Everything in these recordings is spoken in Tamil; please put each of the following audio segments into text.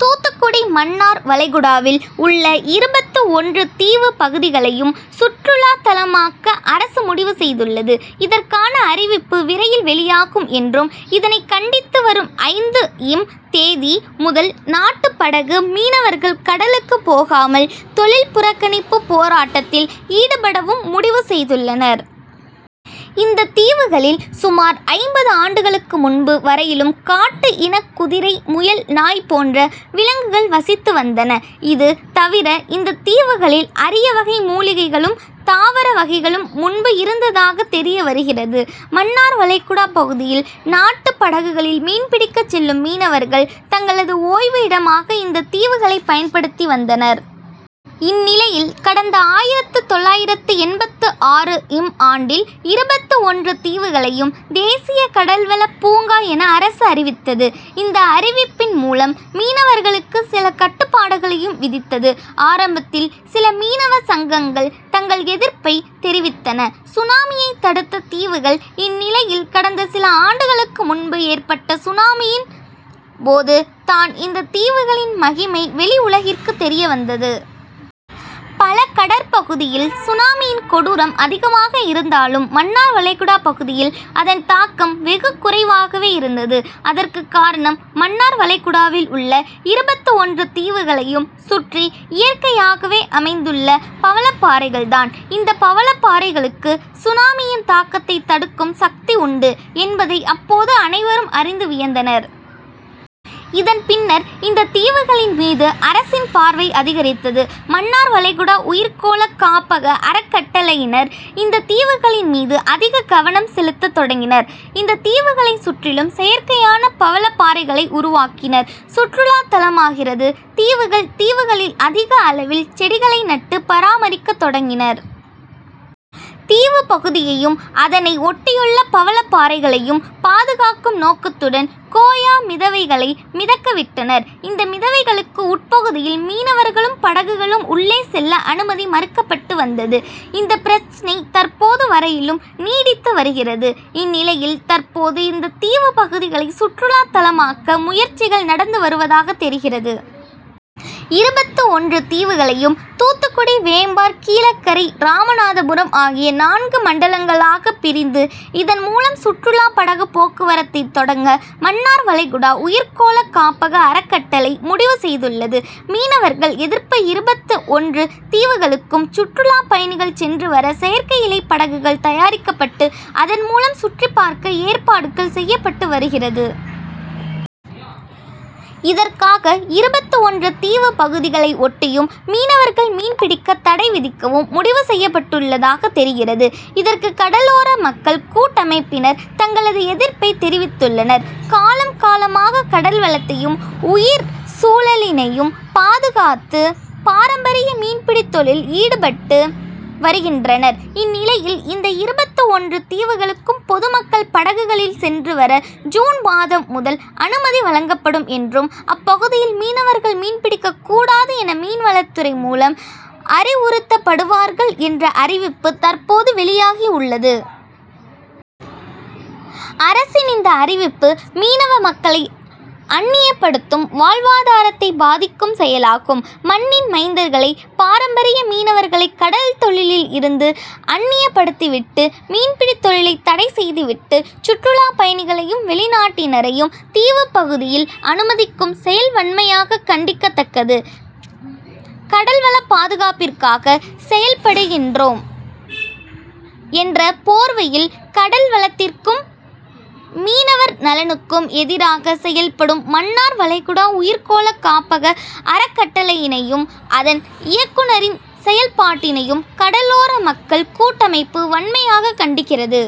தூத்துக்குடி மன்னார் வளைகுடாவில் உள்ள இருபத்து ஒன்று தீவு பகுதிகளையும் சுற்றுலாதலமாக்க அரசு முடிவு செய்துள்ளது. இதற்கான அறிவிப்பு விரைவில் வெளியாகும் என்றும், இதனை கண்டித்து வரும் ஐந்து ம் தேதி முதல் நாட்டுபடகு மீனவர்கள் கடலுக்கு போகாமல் தொழில் புறக்கணிப்பு போராட்டத்தில் ஈடுபடவும் முடிவு செய்துள்ளனர். இந்த தீவுகளில் சுமார் ஐம்பது ஆண்டுகளுக்கு முன்பு வரையிலும் காட்டு இன குதிரை, முயல், நாய் போன்ற விலங்குகள் வசித்து வந்தன. இது தவிர இந்த தீவுகளில் அரியவகை மூலிகைகளும், தாவர வகைகளும் முன்பு இருந்ததாக தெரியவருகிறது. மன்னார்வளைகுடா பகுதியில் நாட்டு படகுகளில் மீன்பிடிக்க செல்லும் மீனவர்கள் தங்களது ஓய்வு இடமாக இந்த தீவுகளை பயன்படுத்தி வந்தனர். இந்நிலையில் கடந்த ஆயிரத்து தொள்ளாயிரத்து எண்பத்து ஆறு ம் ஆண்டில் இருபத்து ஒன்று தீவுகளையும் தேசிய கடல்வளப் பூங்கா என அரசு அறிவித்தது. இந்த அறிவிப்பின் மூலம் மீனவர்களுக்கு சில கட்டுபாடுகளையும் விதித்தது. ஆரம்பத்தில் சில மீனவ சங்கங்கள் தங்கள் எதிர்ப்பை தெரிவித்தன. சுனாமியை தடுத்த தீவுகள் இந்நிலையில் கடந்த சில ஆண்டுகளுக்கு முன்பு ஏற்பட்ட சுனாமியின் போது தான் இந்த தீவுகளின் மகிமை வெளி உலகிற்கு தெரியவந்தது. பல கடற்பகுதியில் சுனாமியின் கொடூரம் அதிகமாக இந்தாலும், மன்னார்வளைகுடா பகுதியில் அதன் தாக்கம் வெகு குறைவாகவே இருந்தது. அதற்கு காரணம் மன்னார் வளைகுடாவில் உள்ள இருபத்து ஒன்று தீவுகளையும் சுற்றி இயற்கையாகவே அமைந்துள்ள பவளப்பாறைகள் தான். இந்த பவளப்பாறைகளுக்கு சுனாமியின் தாக்கத்தை தடுக்கும் சக்தி உண்டு என்பதை அப்போது அனைவரும் அறிந்து வியந்தனர். இதன் பின்னர் இந்த தீவுகளின் மீது அரசின் பார்வை அதிகரித்தது. மன்னார்வளைகுடா உயிர்கோள காப்பக அறக்கட்டளையினர் இந்த தீவுகளின் மீது அதிக கவனம் செலுத்த தொடங்கினர். இந்த தீவுகளை சுற்றிலும் செயற்கையான பவளப்பாறைகளை உருவாக்கினர். சுற்றுலா தலமாகிறது தீவுகள் தீவுகளில் அதிக அளவில் செடிகளை நட்டு பராமரிக்க தொடங்கினர். தீவு பகுதியையும், அதனை ஒட்டியுள்ள பவளப்பாறைகளையும் பாதுகாக்கும் நோக்கத்துடன் கோயா மிதவைகளை மிதக்கவிட்டனர். இந்த மிதவைகளுக்கு உட்பகுதியில் மீனவர்களும், படகுகளும் உள்ளே செல்ல அனுமதி மறுக்கப்பட்டு வந்தது. இந்த பிரச்னை தற்போது வரையிலும் நீடித்து வருகிறது. இந்நிலையில் தற்போது இந்த தீவு பகுதிகளை சுற்றுலா தலமாக்க முயற்சிகள் நடந்து வருவதாக தெரிகிறது. இருபத்து ஒன்று தீவுகளையும் தூத்துக்குடி, வேம்பார், கீழக்கரை, ராமநாதபுரம் ஆகிய நான்கு மண்டலங்களாக பிரிந்து, இதன் மூலம் சுற்றுலா படகு போக்குவரத்தை தொடங்க மன்னார் வளைகுடா உயிர்கோள காப்பக அறக்கட்டளை முடிவு செய்துள்ளது. மீனவர்கள் எதிர்ப்பு இருபத்து ஒன்று தீவுகளுக்கும் சுற்றுலா பயணிகள் சென்று வர செயற்கைஇழை படகுகள் தயாரிக்கப்பட்டு அதன் மூலம் சுற்றி பார்க்க ஏற்பாடுகள் செய்யப்பட்டு வருகிறது. இதற்காக இருபத்து ஒன்று தீவு பகுதிகளை ஒட்டியும் மீனவர்கள் மீன்பிடிக்க தடை விதிக்கவும் முடிவு செய்யப்பட்டுள்ளதாக தெரிகிறது. இதற்கு கடலோர மக்கள் கூட்டமைப்பினர் தங்களது எதிர்ப்பை தெரிவித்துள்ளனர். காலம், காலமாக கடல்வளத்தையும், உயிர்சூழலினையும் பாதுகாத்து, பாரம்பரிய மீன்பிடித் தொழிலில் ஈடுபட்டு வருகின்றனர். இந்நிலையில் இந்த இருபத்து ஒன்று தீவுகளுக்கும் பொதுமக்கள் படகுகளில் சென்று வர ஜூன் மாதம் முதல் அனுமதிவழங்கப்படும் என்றும், அப்பகுதியில் மீனவர்கள் மீன்பிடிக்க கூடாது என மீன்வளத்துறை மூலம் அறிவுறுத்தப்படுவார்கள் என்ற அறிவிப்பு தற்போது வெளியாகி உள்ளது. அரசின் இந்த அறிவிப்பு மீனவ மக்களை அந்நியப்படுத்தும், வாழ்வாதாரத்தை பாதிக்கும் செயலாகும். மண்ணின் மைந்தர்களை, பாரம்பரிய மீனவர்களை கடல்தொழிலில் இருந்து அந்நியப்படுத்திவிட்டு, மீன்பிடித் தொழிலை தடை செய்துவிட்டு சுற்றுலா பயணிகளையும், வெளிநாட்டினரையும் தீவுப்பகுதியில் அனுமதிக்கும் செயல் வன்மையாக கண்டிக்கத்தக்கது. கடல்வளப்பாதுகாப்பிற்காக செயல்படுகின்றோம் என்ற போர்வையில் கடல்வளத்திற்கும், மீனவர் நலனுக்கும் எதிராக செயல்படும் மன்னார் வளைகுடா உயிர்கோள காப்பக அறக்கட்டளையினையும், அதன் இயக்குனரின் செயல்பாட்டினையும் கடலோர மக்கள் கூட்டமைப்பு வன்மையாக கண்டிக்கிறது.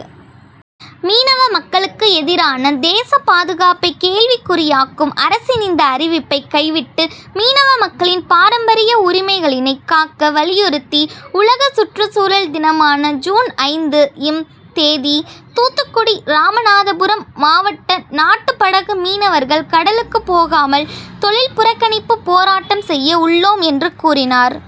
மீனவ மக்களுக்கு எதிரான, தேசபாதுகாப்பை கேள்விகுறியாக்கும் அரசின் இந்த அறிவிப்பை கைவிட்டு மீனவ மக்களின் பாரம்பரிய உரிமைகளினை காக்க வலியுறுத்தி உலக சுற்றுசூழல் தினமான ஜூன் ஐந்து ம் தேதி தூத்துக்குடி, ராமநாதபுரம் மாவட்ட நாட்டுபடகு மீனவர்கள் கடலுக்கு போகாமல் தொழில் புறக்கணிப்பு போராட்டம் செய்ய உள்ளோம் என்று கூறினார்.